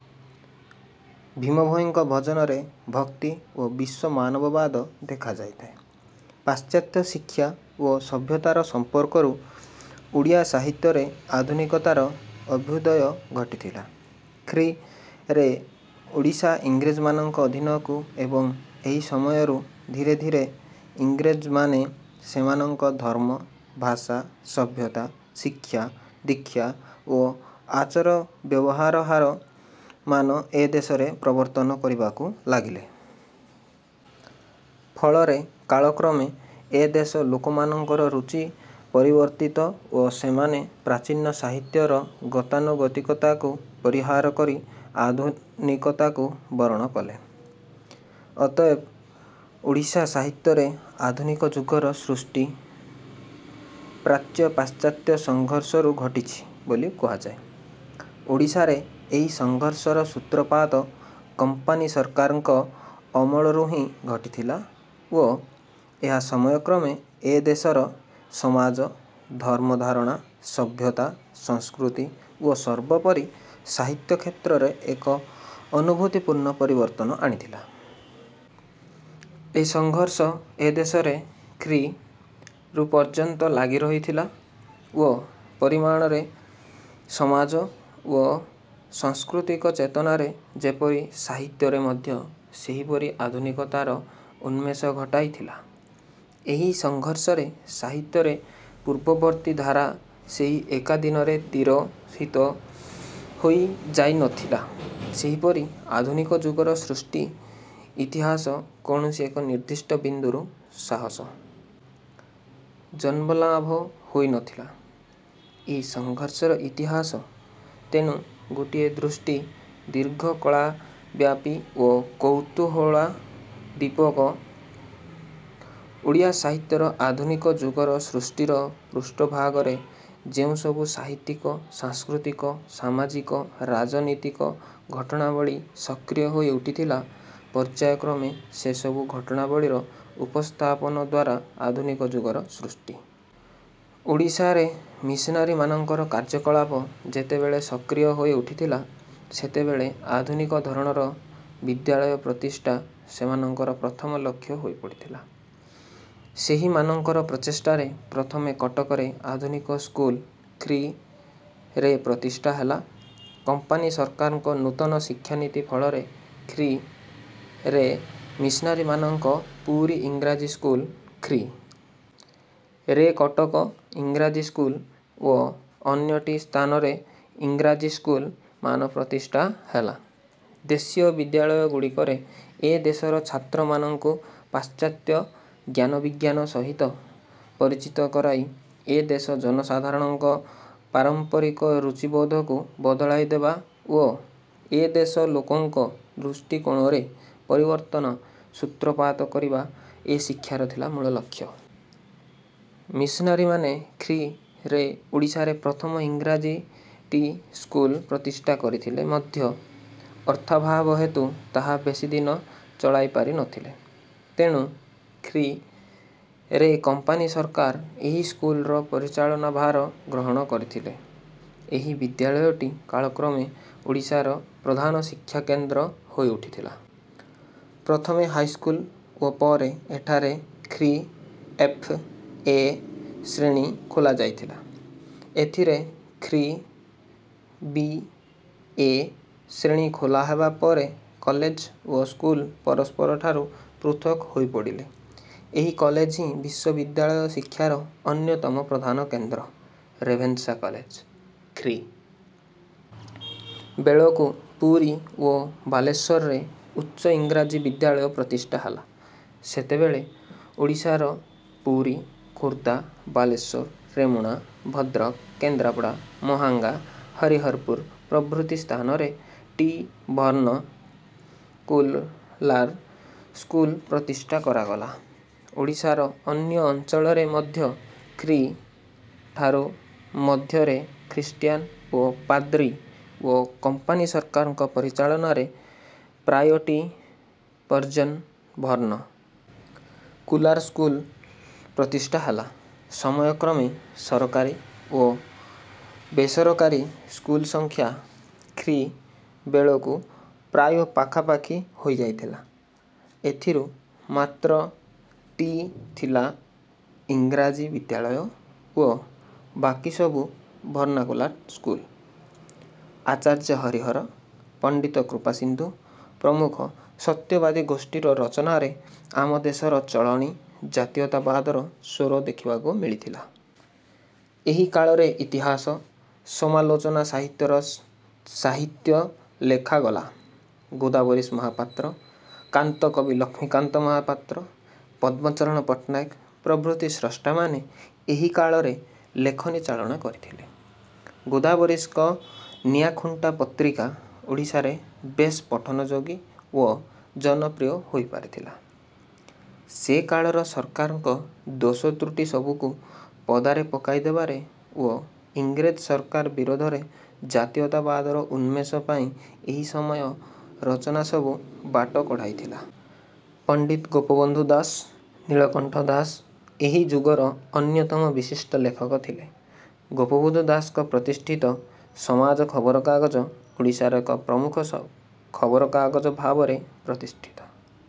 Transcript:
ଭୀମଭୋଇଙ୍କ ଭଜନରେ ଭକ୍ତି ଓ ବିଶ୍ୱମାନବବାଦ ଦେଖାଯାଇଥାଏ। ପଶ୍ଚ। ତ୍ୟ ଶିକ୍ଷା ଓ ସଭ୍ୟତାର ସମ୍ପର୍କରୁ ଓଡ଼ିଆ ସାହିତ୍ୟରେ ଆଧୁନିକତାର ଅଭୁ୍ଦୟ ଘଟିଥିଲା। ଖ୍ରୀ. ରେ ଓଡ଼ିଶା ଇଂରେଜମାନଙ୍କ ଅଧୀନକୁ ଏବଂ ଏହି ସମୟରୁ ଧୀରେ ଧୀରେ ଇଂରେଜମ। ନେ ସେମାନଂକ ଧର୍ମ, ଭାଷା, ସଭ୍ୟତା, ଶିକ୍ଷା, ଦୀକ୍ଷା ଓ ଆଚାର-ବ୍ୟବହାର ହାର ମାନ ଏ ଦେଶରେ ପ୍ରବର୍ତ୍ତନ କରିବାକୁ ଲାଗିଲେ। ଫଳରେ କାଳ କ୍ରମେ ଏ ଦେଶ ଲୋକମାନଙ୍କର ରୁଚି ପରିବର୍ତିତ ଓ ସେମାନେ ପ୍ରାଚୀନ ସାହିତ୍ୟର ଗତାନୁଗତିକତାକୁ ପରିହାର କରି ଆଧୁନିକତାକୁ ବରଣ କଲେ। ଅତଏବ ଓଡ଼ିଆ ସାହିତ୍ୟରେ ଆଧୁନିକ ଯୁଗର ସୃଷ୍ଟି ପ୍ରା ଚ୍ୟ-ପ। ଶ୍ଚ। ତ୍ୟ ସଂଘର୍ଷରୁ ଘଟିଛି ବୋଲି କୁହାଯାଏ। ଓଡ଼ିଶାରେ ଏହି ସଂଘର୍ଷର ସୂତ୍ରପାତ "କମ୍ପାନୀ ସରକାର"ଙ୍କ ଅମଳରୁହିଁ ଘଟିଥିଲା ଓ ଏହା ସମୟକ୍ରମେ ଏ ଦେଶର ସମାଜ, ଧର୍ମ-ଧାରଣା, ସଭ୍ୟତା, ସଂସ୍କୃତି ଓ ସର୍ବୋପରି ସାହିତ୍ୟ କ୍ଷେତ୍ରରେ ଏକ ଅନୁଭୂତିପୂର୍ବ ପରିବର୍ତ୍ତନ ଆଣିଥିଲା। ଏ ସଂଘର୍ଷ ଏ ଦେଶରେ ଖ୍ରୀ. ରୁ ପର୍ଯ୍ୟନ୍ତ ଲାଗିରହିଥିଲା ଓ ପରିମାଣରେ ସମାଜ ଓ ସଂ। ସ୍କୃତିକ ଚେତନାରେ ଯେପରି ସାହିତ୍ୟରେ ମଧ୍ୟ ସେହିପରି ଆଧୁନିକାତର ଉନଂମେଷ ଘଟାଇ ଥିଲା। ଏହି ସଂଘର୍ଷରେ ସାହିତ୍ୟରେ ପୂର୍ବବର୍ତ୍ତୀ ଧାରା ସେହି ଏକା ଦିନରେ ତିରେ। ହିତ ହୋଇ ଯାଇ ନଥିଲା, ସେହିପରି ଆଧୁନିକ ଯୁଗର ସୃଷ୍ଟି ଇତିହାସ କୌଣସି ଏକ ନିର୍ଦ୍ଦିଷ୍ଟ ବିନ୍ଦୁରୁ ସାହସ। ଜନ୍ମ ଲାଭ ହେ। ଇନଥିଲା। ଏ ସଂଘର୍ଷର ଇତିହାସ ତେଣୁ ଗୋଟିଏ ଦୃଷ୍ଟି ଦୀର୍ଘକଳାବ୍ୟାପୀ ଓ କୌତୂହଳୋଦୀପକ। ଓଡ଼ିଆ ସାହିତ୍ୟର ଆଧୁନିକ ଯୁଗର ସୃଷ୍ଟିର ପୃଷ୍ଠ ଭାଗରେ ଯେଉଁସବୁ ସାହିତ୍ୟିକ, ସାଂସ୍କୃତିକ, ସ। ମାଜିକ, ରାଜନୀତିକ ଘଟଣାବଳୀ ସକ୍ରିୟ ହୋଇ ଉଠିଥିଲା, ପର୍ଯ୍ୟାୟକ୍ରମେ ସେସବୁ ଘଟଣାବଳୀର ଉପସ୍ଥାପନଦ୍ୱାରା ଆଧୁନିକ ଯୁଗର ସୃଷ୍ଟି। ଓଡ଼ିଶାରେ ମିସନାରୀମାନଙ୍କର କାର୍ଯ୍ୟକଳାପ ଯେତେବେଳେ ସକ୍ରିୟ ହୋଇ ଉଠିଥିଲା, ସେତେବେଳେ ଆଧୁନିକଧରଣର ବିଦ୍ୟାଳୟ ପ୍ରତିଷ୍ଠା ସେମାନଙ୍କର ପ୍ରଥମ ଲକ୍ଷ୍ୟ ହୋଇପଡିଥିଲା। ସେହିମାନଙ୍କର ପ୍ରଚେଷ୍ଠାରେ ପ୍ରଥମେ କଟକରେ ଆଧୁନିକ ସ୍କୁଲ ଖ୍ରୀ. ରେ ପ୍ରତିଷ୍ଠା ହେଲା। କମ୍ପାନୀ ସରକାରଙ୍କ ନୂତନ ଶିକ୍ଷାନୀତି ଫଳରେ ଖ୍ରୀ. ରେ ମିସନାରୀମାନଙ୍କ ପୁରୀ ଇଂରାଜୀ ସ୍କୁଲ ଖ୍ରୀ. ରେ କଟକ ଇଂରାଜୀ ସ୍କୁଲ ଓ ଅନ୍ୟ ଟି ସ୍ଥାନରେ ଇଂରାଜୀ ସ୍କୁଲ ମାନ ପ୍ରତିଷ୍ଠା ହେଲା। ଦେଶୀୟ ବିଦ୍ୟାଳୟଗୁଡିକରେ ଏ ଦେଶର ଛାତ୍ରମାନଙ୍କୁ ପଶ୍ଚ। ତ୍ୟ ଜ୍ଞାନ-ବିଜ୍ଞାନ ସହିତ ପରିଚିତ କରାଇ ଏ ଦେଶ ଜନସଧାରଣଙ୍କ ପାରମ୍ପରିକ ରୁଚିବୋଧକୁ ବଦଳାଇଦେବା ଓ ଏ ଦେଶ ଲୋକଙ୍କ ଦୃଷ୍ଟିକୋଣରେ ପରିବର୍ତ୍ତନ ସୂତ୍ରପାତ କରିବା ଏ ଶିକ୍ଷାର ଥିଲା ମୂଳ ଲକ୍ଷ୍ୟ। ମିସନାରୀମାନେ ଖ୍ରୀ. ରେ ଓଡ଼ିଶାରେ ପ୍ରଥମ ଇଂରାଜୀ ଟି ସ୍କୁଲ ପ୍ରତିଷ୍ଠା କରିଥିଲେ ମଧ୍ୟ ଅର୍ଥାଭାବ ହେତୁ ତାହା ବେଶୀ ଦିନ ଚଳାଇ ପାରି ନଥିଲେ। ତେଣୁ ଖ୍ରୀ. ରେ କମ୍ପାନୀ ସରକାର ଏହି ସ୍କୁଲର ପରିଚାଳନାଭାର ଗ୍ରହଣ କରିଥିଲେ। ଏହି ବିଦ୍ୟାଳୟଟି କାଳକ୍ରମେ ଓଡ଼ିଶାର ପ୍ରଧାନ ଶିକ୍ଷାକେନ୍ଦ୍ର ହୋଇଉଠିଥିଲା। ପ୍ରଥମେ ହାଇସ୍କୁଲ ଓ ପରେ ଏଠାରେ ଖ୍ରୀ. ଏଫ. ଏ ଶ୍ରେଣୀ ଖୋଲାଯାଇଥିଲା। ଏଥିରେ ଖ୍ରୀ. ବି. ଏ ଶ୍ରେଣୀ ଖୋଲାହେବା ପରେ କଲେଜ ଓ ସ୍କୁଲ ପରସ୍ପରଠାରୁ ପୃଥକ ହୋଇପଡିଲେ। ଏହି କଲେଜହିଁ ବିଶ୍ୱବିଦ୍ୟାଳୟ ଶିକ୍ଷାର ଅନ୍ୟତମ ପ୍ରଧାନ କେନ୍ଦ୍ର "ରେଭେନ୍ସା କଲେଜ"। ଖ୍ରୀ. ବେଳକୁ ପୁରୀ ଓ ବାଲେଶ୍ୱରରେ ଉଚ୍ଚ ଇଂରାଜୀ ବିଦ୍ୟାଳୟ ପ୍ରତିଷ୍ଠା ହେଲା। ସେତେବେଳେ ଓଡ଼ିଶାର ପୁରୀ, ଖୋର୍ଦ୍ଧା, ବାଲେଶ୍ୱର, ରେମୁଣା, ଭଦ୍ରକ, କେନ୍ଦ୍ରାପଡ଼ା, ମହାଙ୍ଗା, ହରିହରପୁର ପ୍ରଭୃତି ସ୍ଥାନରେ ଟି ଭର୍ଣ୍ଣ। କୁଲ। ର ସ୍କୁଲ ପ୍ରତିଷ୍ଠା କରାଗଲା। ଓଡ଼ିଶାର ଅନ୍ୟ ଅଞ୍ଚଳରେ ମଧ୍ୟ ଖ୍ରୀ. ଠାରୁ ମଧ୍ୟରେ ଖ୍ରୀଷ୍ଟିଆନ ଓ ପାଦ୍ରୀ ଓ କମ୍ପାନୀ ସରକାରଙ୍କ ପରିଚାଳନାରେ ପ୍ରାୟ ଟି ପର୍ଯ୍ୟନ୍ ଭର୍ଣ୍ଣ। କୁଲ। ର ସ୍କୁଲ ପ୍ରତିଷ୍ଠା ହେଲା। ସମୟକ୍ରମେ ସରକାରୀ ଓ ବେସରକ। ରୀ ସ୍କୁଲସଂଖ୍ୟା ଖ୍ରୀ. ବେଳକୁ ପ୍ରାୟ ପାଖାପାଖି ହୋଇଯାଇଥିଲା। ଏଥିରୁ ମାତ୍ର ଟି ଥିଲା ଇଁରାଜୀ ବିଦ୍ୟାଳୟ ଓ ବାକିସବୁ ଭର୍ଣ୍ଣାକୁଲାର ସ୍କୁଲ। ଆଚାର୍ଯ୍ୟ ହରିହର, ପଣ୍ଡିତ କୃପାସିନ୍ଧୁ ପ୍ରମୁଖ ସତ୍ୟବାଦୀ ଗୋଷ୍ଠୀର ରଚନାରେ ଆମ ଦେଶର ଚଳଣି ଜାତୀୟତାବାଦର ସ୍ୱର ଦେଖିବାକୁ ମିଳିଥାଏ। ଏହି କାଳରେ ଇତିହାସ, ସମାଲୋଚନା ସାହିତ୍ୟର ସାହିତ୍ୟ ଲେଖାଗଲା। ଗୋଦାବରୀଶ ମହାପାତ୍ର, କାନ୍ତକବି ଲକ୍ଷ୍ମୀକାନ୍ତ ମହାପାତ୍ର, ପଦ୍ମଚରଣ ପଟ୍ଟନାୟକ ପ୍ରଭୃତି ସ୍ରଷ୍ଟାମାନେ ଏହି କାଳରେ ଲେଖନୀ ଚାଳନା କରିଥିଲେ। ଗୋଦାବରୀଶଙ୍କ ନିଆଁଖୁଣ୍ଟା ପତ୍ରିକା ଓଡ଼ିଶାରେ ବେଶ ପଠନଯୋଗୀ ଓ ଜନପ୍ରିୟ ହୋଇପାରିଥିଲା। ସେକାଳର ସରକାରଙ୍କ ଦୋଷ ତ୍ରୁଟିସବୁକୁ ପଦାରେ ପକାଇଦେବାରେ ଓ ଇଂରେଜ ସରକାର ବିରୋଧରେ ଜାତୀୟତାବାଦର ଉନ୍ମେଷ ପାଇଁ ଏହି ସମୟର ରଚନାସବୁ ବାଟ କଢ଼ାଇଥିଲା। ପଣ୍ଡିତ ଗୋପବନ୍ଧୁ ଦାସ, ନୀଳକଣ୍ଠ ଦାସ ଏହି ଯୁଗର ଅନ୍ୟତମ ବିଶିଷ୍ଟ ଲେଖକ ଥିଲେ। ଗୋପବନ୍ଧୁ ଦାସଙ୍କ ପ୍ରତିଷ୍ଠିତ ସମାଜ ଖବରକାଗଜ ଓଡ଼ିଶାର ଏକ ପ୍ରମୁଖ ଖବରକାଗଜ ଭାବରେ ପ୍ରତିଷ୍ଠିତ।